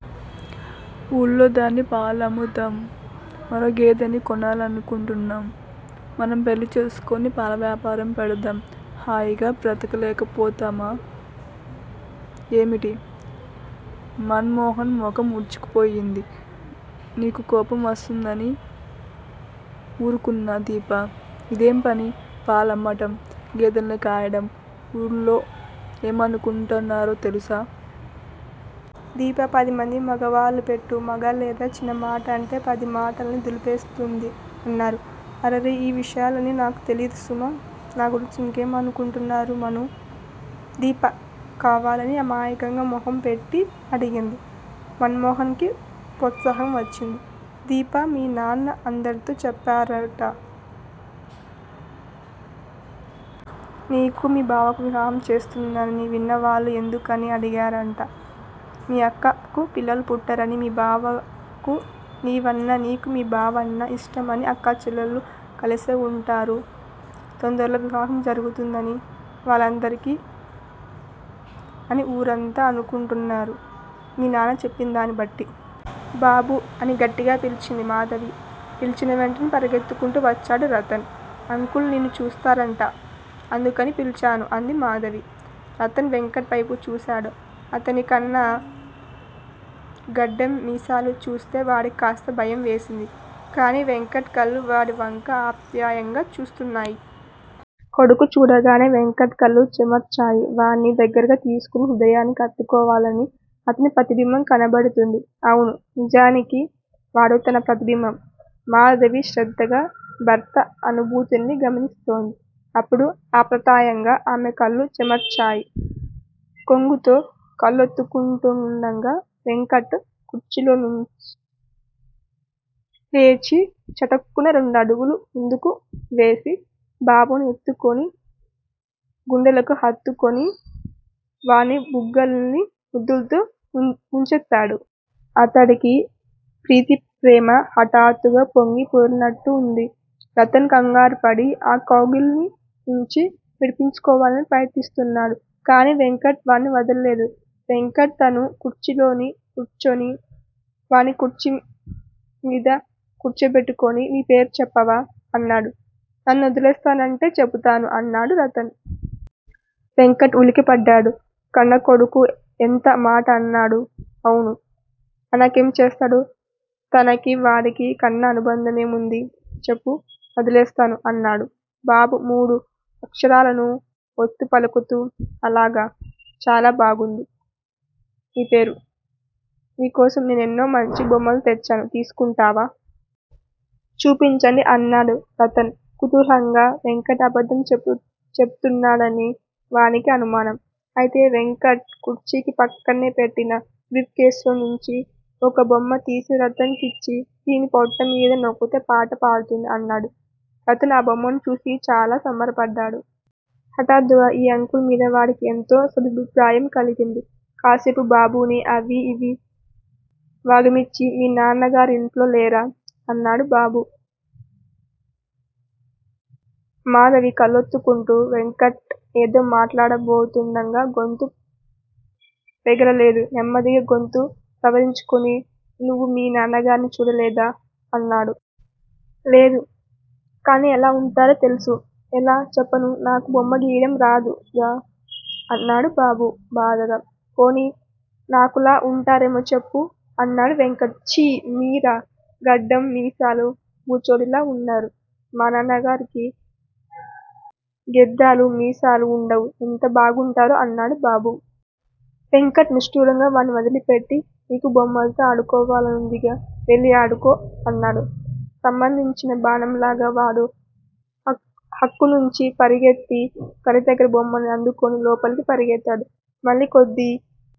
ఊళ్ళోదాని పాలు అమ్ముతున్నాం. మరో గేదెని కొనాలని అనుకుంటున్నాం, మనం పెళ్లిచేసుకుని పాల వ్యాపారం పెడదాం. హాయిగా బ్రతకలేక పోతామా ఏమిటి. మన్ మోహన్ ముఖం ముడుచుకు పోయింది. నీకు కోపం వస్తుందని ఊరుకున్నా దీపా! ఇదేంపని! పాలమ్మటం గేదెలని కాయటం ఊళ్ళో ఏమనుకుంటున్నారో తెలుసా. దీప పదిమంది మగవాళ్ళపెట్టు, మగాలేదు. చిన్నమాటంటే పది మాటలని దులిపేస్తుంది అన్నారు. అరెరె, ఈ విషయాలన్నీ నాకు తెలియదు సుమా! నా గురించి ఇంకేమనుకుంటున్నారు మనూ? దీప కావాలని అమాయకంగా ముఖంపెట్టి అడిగింది. మన్ మోహన్ కి ప్రోత్సాహం వచ్చింది. దీపా! మీనాన్న అందరితో చెప్పారట. నీకు నీ బావకు వివాహం చేస్తున్నానని, విన్నవాళ్ళు ఎందుకని అడిగారంట. మీ అక్కకు పిల్లలు పుట్టరని మీ బావకు నీవన్నా నీకు మీ బావన్నా ఇష్టం అని అక్కచెల్లెళ్ళు కలిసే ఉంటారు. తొందరలోనే వివాహం జరుగుతుంది వాళ్ళిద్దరికి అని ఊరంత అనుకుంటున్నారు మీ నాన్న చెప్పిందాన్నిబట్టి. బాబూ! అని గట్టిగా పిలిచింది. మాధవి. పిలిచినా వేంటనే పరుగెత్తుకుంటువచ్చాడు రతన్. అంకుల్ నిన్ను చూస్తారట. అందుకని పిలిచాను అంది మాధవి. రతన్ వెంకట్ వైపు చూశాడు. అతనికున్న గెడ్డం, మీసాలు చూస్తె వాడికి కాస్త భయం వేసింది. కానీ వెంకట్ కళ్ళు వాడి వంక ఆప్యాయంగా చూస్తున్నాయి. కొడుకును చూడగానే వెంకట్ కళ్ళు చెమర్చాయి. వాణ్ణి దగ్గరగా తీసుకుని హృదయానికి హత్తుకోవాలని అతనికి ప్రతిబింబం కనబడింది. అవును _ నిజానికి వాడు తన ప్రతిబింబం! మాధవి శ్రద్దగా భర్త అనుభూతుల్ని గమనిస్తోంది. అప్పుడు అప్రయత్నంగా ఆమె కళ్ళు చెమర్చాయి. కొంగుతో కళ్ళోత్తుకుంటూండగా వెంకట్ కుర్చీలోంచి లేచి చటుక్కున రెండడుగులు ముందుకు వేసి బాబును ఎత్తుకుని గుండెలకు హత్తుకుని, వాడి బుగ్గల్ని ముద్దులతో ముంచెత్తాడు. అతడి పితృప్రేమ హఠాత్తుగా పొంగి పొరలినట్లుంది. రతన్ కంగారుపడి ఈ కౌగిలి నుండి విడిపించుకోవాలని ప్రయత్నిస్తున్నాడు. కానీ వెంకట్ వాణ్ణి వదలలేదు. వెంకట్ తను కుర్చీలో కూర్చుని, వాణ్ణి కుర్చీ మీద కూర్చోబెట్టుకుని _ నీ పేరు చెప్పవూ? అన్నాడు. నన్నోదిలేస్తానంటే చెబుతాను అన్నాడు రతన్. వెంకట్ ఉలిక్కిపడ్డాడు. 'కన్నకొడుకు ఎంత మాటన్నాడు? అవును _ అనకేం చేస్తాడు? తనకూ వాడికీ కన్న అనుబంధమేముంది? చెప్పు _ వదిలేస్తాను అన్నాడు బాబు మూడు అక్షరాలను ఒత్తిపలుకుతూ. అలాగా చాలా బాగుంది. నీ పేరు నీ కోసం నేనో మంచి బొమ్మ తెచ్చాను. తీసుకుంటావా? చూపించండి అన్నాడు రతన్ కూతుహాలంగా. వెంకట్ అబద్దం చేబుతున్నాడని వాడి అనుమానం. అయితే వెంకట్ కుర్చీకి పక్కనే పెట్టిన భ్రీఫ్ కేస్ లోంచి ఒక బొమ్మ తీసి రతన్ కిచ్చి _ దీని పొట్ట మీద నొక్కితే పాట పాడుతుంది. అన్నాడు. రతన్ ఆ బొమ్మ చూసి చాలా సంబరబడ్డాడు. హఠాత్తుగా ఈ అంకుల్ మీద వాడికి ఎంతో సదభిప్రాయం కలిగింది. కాసేపు బాబును అవీ ఇవీ వాగిమ్చి, మీ నాన్నగారింట్లో లేరా? అన్నాడు బాబు. మాధవి కళ్ళోత్తుకుంది. వెంకట్ ఏదో మాట్లాడబోగా గొంతు పెగలలేదు. నెమ్మదిగా గొంతు సవరించుకుని, నువ్వు మీ నాన్నగార్ని చూడలేదా? అన్నాడు. లేదు. కానీ ఎలా వుంటారో తెలుసు. ఎలా చెప్పను _ నాకు బొమ్మ గీయడం రాదుగా? అన్నాడు బాబు బాధగా. పోనీ నాకులా ఉంటరేమో చెప్పు! అన్నాడు వెంకట్. ఛీ! మీరు గెడ్డం మీసాలతో బూచాడిలా వున్నారు. మా నాన్నగారికి గేద్దాలూ, మీసాలూ వుండవు, ఎంతో బాగుంటారు అన్నాడు బాబు. వెంకట్ నిట్టూర్చి వాణ్ని వదిలిపేట్టి, నీకు బొమ్మతో ఆడుకోవాలనుందిగా _ వెళ్ళి ఆడుకో అన్నాడు. సంభందించిన బాణంలా బాబు అక్కణ్ణుంచి పరుగెత్తి తల్లి దగ్గర బొమ్మ అందుకుని లోపలకు పరుగెత్తాడు. మళ్ళీ కొద్ది